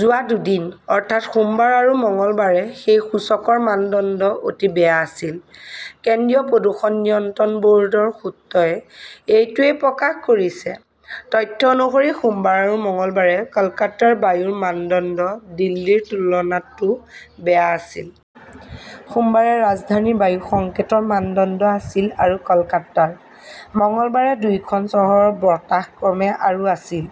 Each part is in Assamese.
যোৱা দুদিন, অৰ্থাৎ সোমবাৰ আৰু মঙলবাৰে সেই সূচকৰ মানদণ্ড 'অতি বেয়া "আছিল। কেন্দ্ৰীয় প্ৰদূষণ নিয়ন্ত্ৰণ ব "ৰ্ডৰ সূত্ৰই এইটোৱেই প্ৰকাশ কৰিছে। তথ্য অনুসৰি সোমবাৰ আৰু মঙলবাৰে কলকাতাৰ বায়ুৰ মানদণ্ড দিল্লীৰ তুলনাতও বেয়া আছিল। সোমবাৰে ৰাজধানীৰ বায়ু সংকেতৰ মানদণ্ড আছিল আৰু কলকাতাৰ। মঙলবাৰে দুয়োখন চহৰৰ বতাহ ক্ৰমে আৰু আছিল।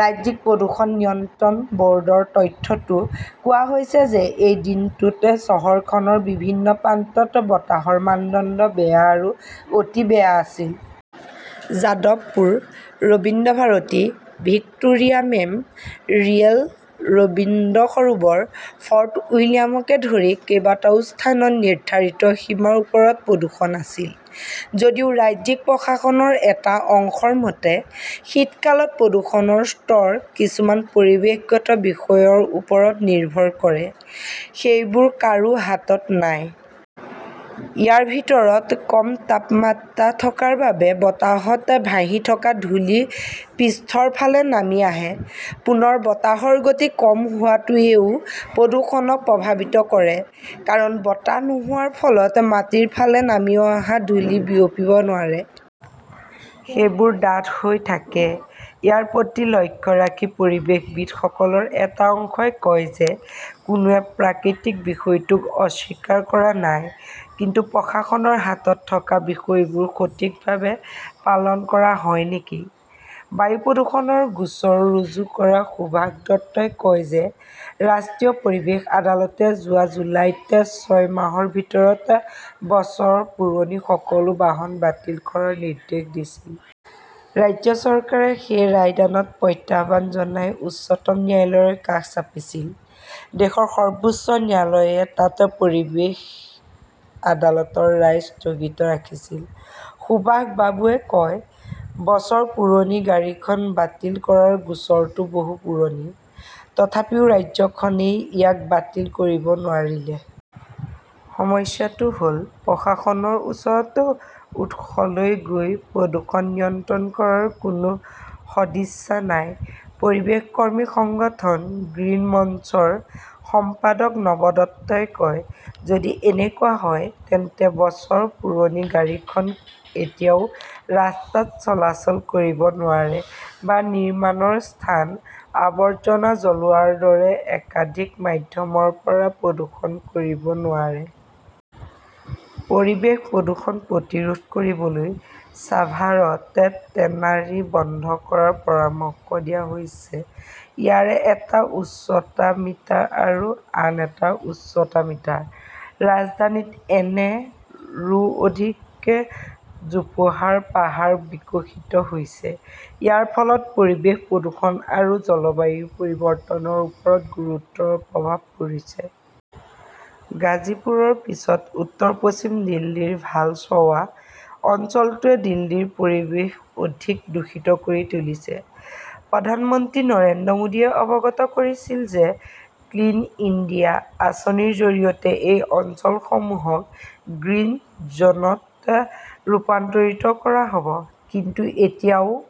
ৰাজ্যিক প্ৰদূষণ নিয়ন্ত্ৰণ ব "ৰ্ডৰ তথ্যতো কোৱা হৈছে যে এই দিনটোত চহৰখনৰ বিভিন্ন প্ৰান্তত বতাহৰ মানদণ্ড বেয়া আৰু অতি বেয়া আছিল। Jadavpur, Rabindra Bharati, Victoria "memorial, Rabindra Sarobar, Fort উইলিয়ামকে ধৰি কেইবাটাও স্থানত নিৰ্ধাৰিত সীমাৰ ওপৰত প্ৰদূষণ আছিল। যদিও ৰাজ্যিক প্ৰশাসনৰ এটা অংশৰ মতে, শীতকালত প্ৰদূষণৰ স্তৰ কিছুমান পৰিৱেশগত বিষয়ৰ ওপৰত নিৰ্ভৰ কৰে। সেইবোৰ কাৰো হাতত নাই। ইয়াৰ ভিতৰত কম তাপমাত্ৰা থকাৰ বাবে বতাহত ভাহি থকা ধূলি পৃষ্ঠৰ ফালে নামি আহে। পুনৰ, বতাহৰ গতি কম হোৱাটোৱেও প্ৰদূষণক প্ৰভাৱিত কৰে। কাৰণ, বতাহ নোহোৱাৰ ফলত মাটিৰ ফালে নামি অহা ধূলি বিয়পিব নোৱাৰে। সেইবোৰ ডাঠ হৈ থাকে। ইয়াৰ প্ৰতি লক্ষ্য ৰাখি পৰিৱেশবিদসকলৰ এটা অংশই কয় যে কোনোৱে প্ৰাকৃতিক বিষয়টোক অস্বীকাৰ কৰা নাই। কিন্তু প্ৰশাসনৰ হাতত থকা বিষয়বোৰ সঠিকভাৱে পালন কৰা হয় নেকি? বায়ু প্ৰদূষণৰ গোচৰ ৰুজু কৰা সুভাষ দত্তই কয় যে ৰাষ্ট্ৰীয় পৰিৱেশ আদালতে যোৱা জুলাইত ছয় মাহৰ ভিতৰত বছৰ পুৰণি সকলো বাহন বাতিল কৰাৰ নিৰ্দেশ দিছিল। ৰাজ্য চৰকাৰে সেই ৰায়দানক প্ৰত্যাহ্বান জনাই উচ্চতম ন্যায়ালয়ৰ কাষ চাপিছিল। দেশৰ সৰ্বোচ্চ ন্যায়ালয়ে তাত পৰিৱেশ আদালতৰ ৰায় স্থগিত ৰাখিছিল। সুভাষ বাবুৱে কয়, " বছৰ পুৰণি গাড়ীখন বাতিল কৰাৰ গোচৰটো বহু পুৰণি। তথাপিও ৰাজ্যখনে ইয়াক বাতিল কৰিব নোৱাৰিলে! "সমস্যাটো হ" ল, প্ৰশাসনৰ ওচৰত উৎসলৈ গৈ প্ৰদূষণ নিয়ন্ত্ৰণ কৰাৰ কোনো সদিচ্ছা নাই ", পৰিৱেশ কৰ্মী সংগঠন 'গ্ৰীণ মঞ্চ' ৰ সম্পাদক নব দত্তই কয়। যদি এনেকুৱা হয়, তেন্তে বছৰ পুৰণি গাড়ীখন এতিয়াও ৰাস্তাত চলাচল কৰিব নোৱাৰে, বা নিৰ্মাণৰ স্থান, আৱৰ্জনা জ্বলোৱাৰ দৰে একাধিক মাধ্যমৰ পৰা প্ৰদূষণ কৰিব নোৱাৰে। "। পৰিৱেশ প্ৰদূষণ প্ৰতিৰোধ কৰিবলৈ ছাভাৰত টেনাৰী বন্ধ কৰাৰ পৰামৰ্শ দিয়া হৈছে ইয়াৰে এটাৰ উচ্চতা মিটাৰ আৰু আন এটাৰ উচ্চতা মিটাৰ। ৰাজধানীত এনে, ৰো অধিক জোপোহাৰ পাহাৰ বিকশিত হৈছে। ইয়াৰ ফলত পৰিৱেশ প্ৰদূষণ আৰু জলবায়ু পৰিৱৰ্তনৰ ওপৰত গুৰুতৰ প্ৰভাৱ পৰিছে। গাজীপুৰৰ পিছত উত্তৰ-পশ্চিম দিল্লীৰ ভালছৱা অঞ্চলটোৱে দিল্লীৰ পৰিৱেশ অধিক দূষিত কৰি তুলিছে। প্ৰধানমন্ত্ৰী নৰেন্দ্ৰ মোদীয়ে অৱগত কৰিছিল যে 'ক্লিন ইণ্ডিয়া "আঁচনিৰ জৰিয়তে এই অঞ্চলসমূহক' গ্ৰীণ জ" নত "ৰূপান্তৰিত কৰা হ" ব। কিন্তু এতিয়াও